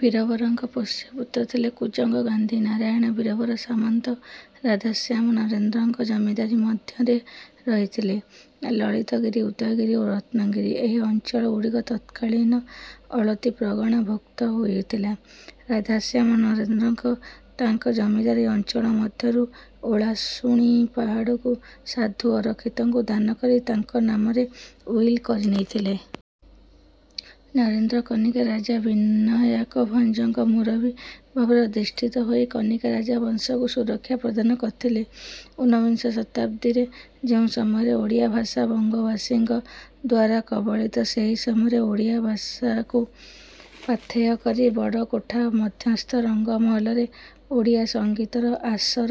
ବୀରବରଙ୍କ ପୋଷ୍ୟ ପୁତ୍ର ଥିଲେ କୁଜଙ୍ଗ ଗାନ୍ଧୀ ନାରାୟଣ ବୀରବର ସାମନ୍ତ। ରାଧାଶ୍ୟାମ ନରେନ୍ଦ୍ରଙ୍କ ଜମିଦାରୀ ମଧ୍ୟରେ ରହିଥିଲେ ଲଳିତଗିରି ଉଦୟଗିରି ଓ ରତ୍ନଗିରି। ଏହି ଅଞ୍ଚଳ ଗୁଡିକ ତତ୍କାଳୀନ ଅଳତୀ ପ୍ରଗଣା ଭୁକ୍ତ ହୋଇଥିଲା। ରାଧାଶ୍ୟାମ ନରେନ୍ଦ୍ରଙ୍କ ତାଙ୍କ ଜମିଦାରୀ ଅଞ୍ଚଳ ମଧ୍ୟରୁ ଓଳାସୁଣୀ ପାହାଡକୁ ସାଧୁ ଅରଖିତଙ୍କୁ ଦାନକରି ତାଙ୍କ ନାମରେ ଉଇଲ କରିନେଇଥିଲେ। ନରେନ୍ଦ୍ର କନିକା ରାଜା ବିନାୟକଭଞ୍ଜଙ୍କ ମୁରବୀ ଭାବରେ ଅଧିଷ୍ଠିତ ହୋଇ କନିକା ରାଜା ବଂଶକୁ ସୁରକ୍ଷା ପ୍ରଦାନ କରିଥିଲେ। ଉନ୍ନବିଂଶ ଶତାବ୍ଦୀରେ ଯେଉଁ ସମୟରେ ଓଡ଼ିଆ ଭାଷା ବଙ୍ଗବାସୀଙ୍କ ଦ୍ୱାରାକବଳିତସେହି ସମୟରେ ଓଡ଼ିଆ ଭାଷାକୁ ପାଥେୟ କରି ବଡକୋଠା ମଧ୍ୟସ୍ଥ ରଙ୍ଗ ମହଲରେ ଓଡ଼ିଆ ସଂଗୀତର ଆସର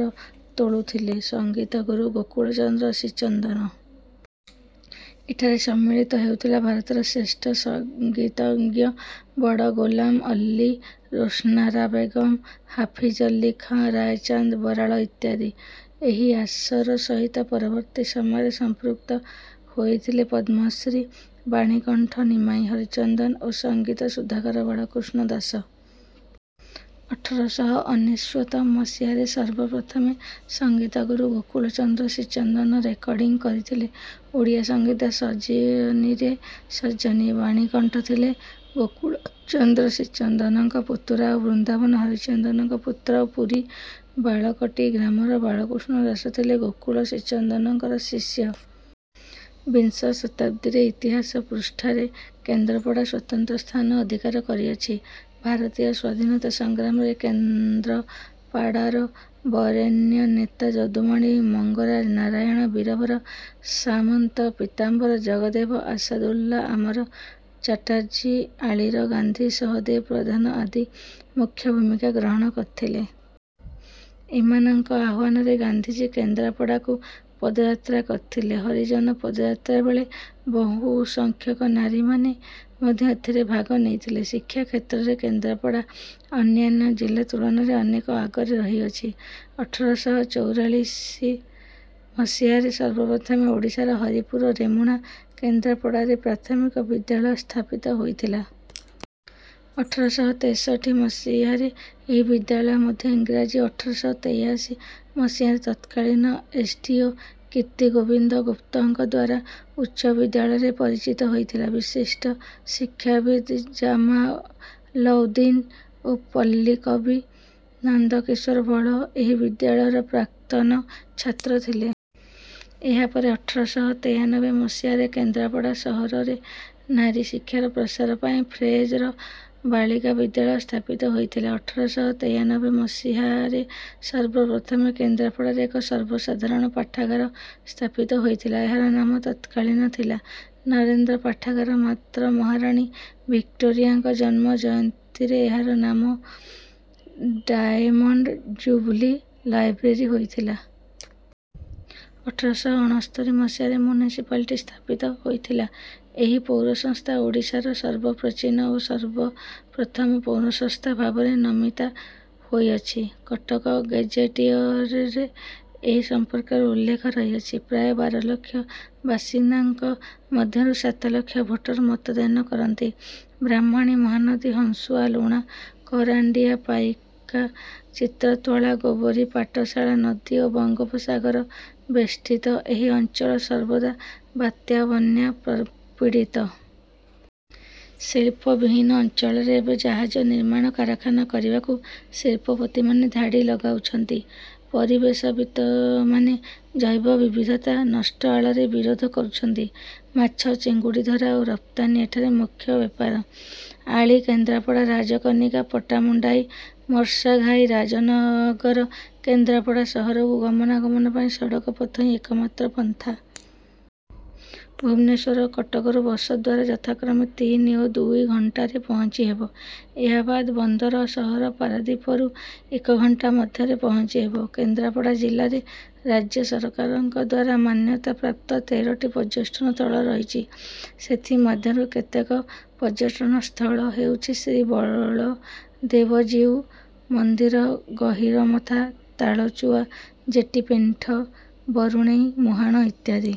ତୋଳୁଥିଲେ ସଙ୍ଗୀତଗୁରୁ ଗୋକୁଳ ଚନ୍ଦ୍ର ଶ୍ରୀଚନ୍ଦନ। ଏଠାରେ ସମ୍ମିଳିତ ହେଉଥିଲେ ଭାରତର ଶ୍ରେଷ୍ଠ ସଙ୍ଗୀତଜ୍ଞ ବଡ ଗୋଲମ ଅଲ୍ଲୀ ରୋସ୍ନାରା ବେଗମ ହାଫିଜ ଅଲ୍ଲୀ ଖାଁ ରାୟଚାନ୍ଦ ବରାଳ ଇତ୍ୟାଦି। ଏହି ଆସର ସହିତ ପରବର୍ତୀ ସମୟରେ ସମ୍ପୃକ୍ତ ହୋଇଥିଲେ ପଦ୍ମଶ୍ରୀ ବାଣୀକଣ୍ଠ ନିମାଇ ହରିଚନ୍ଦନ ଓ ସଙ୍ଗୀତ ସୁଧାକର ବାଳକୃଷ୍ଣ ଦାସ। ଅଠର ଶହ ଅନେଶ୍ୱତ ମସିହାରେ ସର୍ବ ପ୍ରଥମେ ସଙ୍ଗୀତ ଗୁରୁ ଗୋକୁଳ ଚନ୍ଦ୍ର ଶ୍ରୀଚନ୍ଦନ ରେକର୍ଡିଂ କରିଥିଲେ ଓଡ଼ିଆ ସଙ୍ଗୀତ ସଜନିରେ. ସଜନି ବାଣୀକଣ୍ଠ ଥିଲେ ଗୋକୁଳ ଚନ୍ଦ୍ର ଶ୍ରୀଚନ୍ଦନଙ୍କ ପୁତୁରା ଓ ବୃନ୍ଦାବନ ହରିଚନ୍ଦନଙ୍କ ପୁତ୍ର ଓ ପୁରୀ ବାଳକଟୀ ଗ୍ରାମର ବାଳକୃଷ୍ଣ ଦାସ ଥିଲେ ଗୋକୁଳ ଶ୍ରୀଚନ୍ଦଙ୍କର ଶିଷ୍ୟ। ବିଂଶ ଶତାବ୍ଦୀର ଇତିହାସ ପୃଷ୍ଠାରେ କେନ୍ଦ୍ରାପଡ଼ା ସ୍ୱତନ୍ତ୍ର ସ୍ଥାନ ଅଧିକାର କରିଅଛି। ଭାରତୀୟ ସ୍ୱାଧୀନତା ସଂଗ୍ରାମରେ କେନ୍ଦ୍ରପାଡ଼ାର ବରେଣ୍ୟ ନେତା ଯଦୁମଣି ମଙ୍ଗରାଜ ନାରାୟଣ ବୀରବର ସାମନ୍ତ ପୀତାମ୍ବର ଜଗଦେବ ଆଶାଦୁଲ୍ଲା ଅମର ଚାଟାର୍ଜୀ ଆଳିର ଗାନ୍ଧୀ ସହଦେବ ପ୍ରଧାନ ଆଦି ମୁଖ୍ୟ ଭୂମିକା ଗ୍ରହଣ କରିଥିଲେ। ଏମାନଙ୍କ ଆହ୍ୱାନରେ ଗାନ୍ଧୀଜୀ କେନ୍ଦ୍ରାପଡ଼ାକୁ ପଦଯାତ୍ରା କରିଥିଲେ। ହରିଜନ ପଦଯାତ୍ରା ବେଳେ ବହୁ ସଂଖ୍ୟକ ନାରୀମାନେ ମଧ୍ୟ ଏଥିରେ ଭାଗ ନେଇଥିଲେ। ଶିକ୍ଷା କ୍ଷେତ୍ରରେ କେନ୍ଦ୍ରାପଡ଼ା ଅନ୍ୟାନ୍ୟ ଜିଲ୍ଲା ତୁଳନାରେ ଅନେକ ଆଗରେ ରହିଅଛି। ଅଠର ଶହ ଚଉରାଳିଶ ମସିହାରେ ସର୍ବ ପ୍ରଥମେ ଓଡ଼ିଶାର ହରିପୂର ରେମୁଣା କେନ୍ଦ୍ରାପଡ଼ାରେ ପ୍ରାଥମିକ ବିଦ୍ୟାଳୟ ସ୍ଥାପିତ ହୋଇଥିଲା। ଅଠର ଶହ ତେଷଠି ମସିହାରେ ଏହି ବିଦ୍ୟାଳୟ ମଧ୍ୟ ଇଂରାଜୀ ଓ ଅଠର ଶହ ତେୟାସି ମସିହାରେ ତତ୍କାଳୀନ ଏସଡିଓ କୀର୍ତିଗୋବିନ୍ଦ ଗୁପ୍ତଙ୍କଦ୍ୱାରା ଉଚ ବିଦ୍ୟାଳୟରେ ପରିଚିତ ହୋଇଥିଲା। ବିଶିଷ୍ଟ ଶିକ୍ଷାବିତ ଜାମାଲଉଦ୍ଦୀନ ଓ ପଲ୍ଲୀକବି ନନ୍ଦକିଶୋର ବଳ ଏହି ବିଦ୍ୟାଳୟର ପ୍ରାକ୍ତନ ଛାତ୍ର ଥିଲେ। ଏହାପରେ ଅଠର ଶହ ତେୟାନବେ ମସିହାରେ କେନ୍ଦ୍ରାପଡା ସହରରେ ନାରୀଶିକ୍ଷାର ପ୍ରସାର ପାଇଁ ଫ୍ରେଜର ବାଳିକା ବିଦ୍ୟାଳୟ ସ୍ଥାପିତ ହୋଇଥିଲା। ଅଠର ଶହ ତେୟାନବେ ମସିହାରେସର୍ବ ପ୍ରଥମେ କେନ୍ଦ୍ରାପଡ଼ାରେ ଏକ ସର୍ବସାଧାରଣ ପାଠାଗାର ସ୍ଥାପିତ ହୋଇଥିଲାଏହାର ନାମ ତତ୍କାଳୀନ ଥିଲା ନରେନ୍ଦ୍ର ପାଠାଗାର ମାତ୍ର ମହାରାଣୀ ଭିକ୍ଟୋରିଆଙ୍କ ଜନ୍ମ ଜୟନ୍ତୀରେଏହାର ନାମ ଡାଏମଣ୍ଡ ଯୁବଲୀ ଲାଇବ୍ରେରୀ ହୋଇଥିଲା। ଅଠର ଶହ ଅଣସ୍ତରି ମସିହାରେ ମୁନିସିପାଲିଟି ସ୍ଥାପିତ ହୋଇଥିଲା। ଏହି ପୌରସଂସ୍ଥା ଓଡ଼ିଶାର ସର୍ବପ୍ରଚୀନ ଓ ସର୍ବପ୍ରଥମ ପୌରସଂସ୍ଥା ଭାବରେ ନମିତା ହୋଇଅଛି। କଟକ ଗେଜେଟିୟରରେ ଏ ସମ୍ପର୍କରେ ଉଲ୍ଲେଖ ରହିଅଛି। ପ୍ରାୟ ବାରଲକ୍ଷ ବାସିନ୍ଦାଙ୍କ ମଧ୍ୟରୁ ସାତ ଲକ୍ଷ ଭୋଟର ମତଦାନ କରନ୍ତି। ବ୍ରାହ୍ମଣୀ ମହାନଦୀ ହଂସୁଆ ଲୁଣା କରାଣ୍ଡିଆ ପାଇକା ଚିତ୍ରତ୍ତ୍ୱଳା ଗୋବରୀ ପାଟଶାଳା ନଦୀ ଓ ବଙ୍ଗୋପସାଗର ବେଷ୍ଟୀତ ଏହି ଅଞ୍ଚଳ ସର୍ବଦା ବାତ୍ୟା ଓ ବନ୍ୟା ପ୍ରପିଡିତ। ଶୀଳ୍ପ ବିହୀନ ଅଞ୍ଚଳରେ ଏବେ ଜାହଜ ନିର୍ମାଣ କାରଖାନା କରିବାକୁ ଶିଳ୍ପପତିମାନେ ଧାଡି ଲଗାଉଛନ୍ତି। ପରିବେଶବିତମାନେ ଜୈବ ବିବିଧତା ନଷ୍ଟ ଆଳରେ ବିରୋଧ କରୁଛନ୍ତି। ମାଛ ଚିଙ୍ଗୁଡିଧରା ଓ ରପ୍ତାନି ଏଠାରେ ମୁଖ୍ୟ ବେପାର। ଆଳି କେନ୍ଦ୍ରାପଡ଼ା ରାଜକନିକା ପଟ୍ଟାମୁଣ୍ଡାଇ ମାର୍ଶାଘାଇ ରାଜନଗର କେନ୍ଦ୍ରାପଡ଼ା ସହରକୁ ଗମନା ଗମନ ପାଇଁ ସଡକ ପଥ ହିଁ ଏକମାତ୍ର ପନ୍ଥା। ଭୁବନେଶ୍ୱର ଓ କଟକରୁ ବସଦ୍ୱାରା ଯଥାକ୍ରମେ ତିନି ଓ ଦୁଇ ଘଂଟାରେ ପହଂଚି ହେବ। ଏହାବାଦ ବନ୍ଦର ସହର ପାରାଦୀପରୁ ଏକ ଘଣ୍ଟା ମଧ୍ୟରେ ପହଂଚି ହେବ। କେନ୍ଦ୍ରାପଡ଼ା ଜିଲ୍ଲାରେ ରାଜ୍ୟସରକାରଙ୍କଦ୍ୱାରା ମାନ୍ୟତାପ୍ରାପ୍ତ ତେରଟି ପର୍ଯ୍ୟଟନ ସ୍ଥଳ ରହିଛି। ସେଥିମଧ୍ୟରୁ କେତେକ ପର୍ଯ୍ୟଟନ ସ୍ଥଳ ହେଉଛି ଶ୍ରୀ ବଳଦେବଜୀଉ ମନ୍ଦିର ଗହିରମଥା ତାଳଚୁଆ ଜେଟୀ ପେଣ୍ଠ ବରୁଣେଇ ମୁହାଣ ଇତ୍ୟାଦି।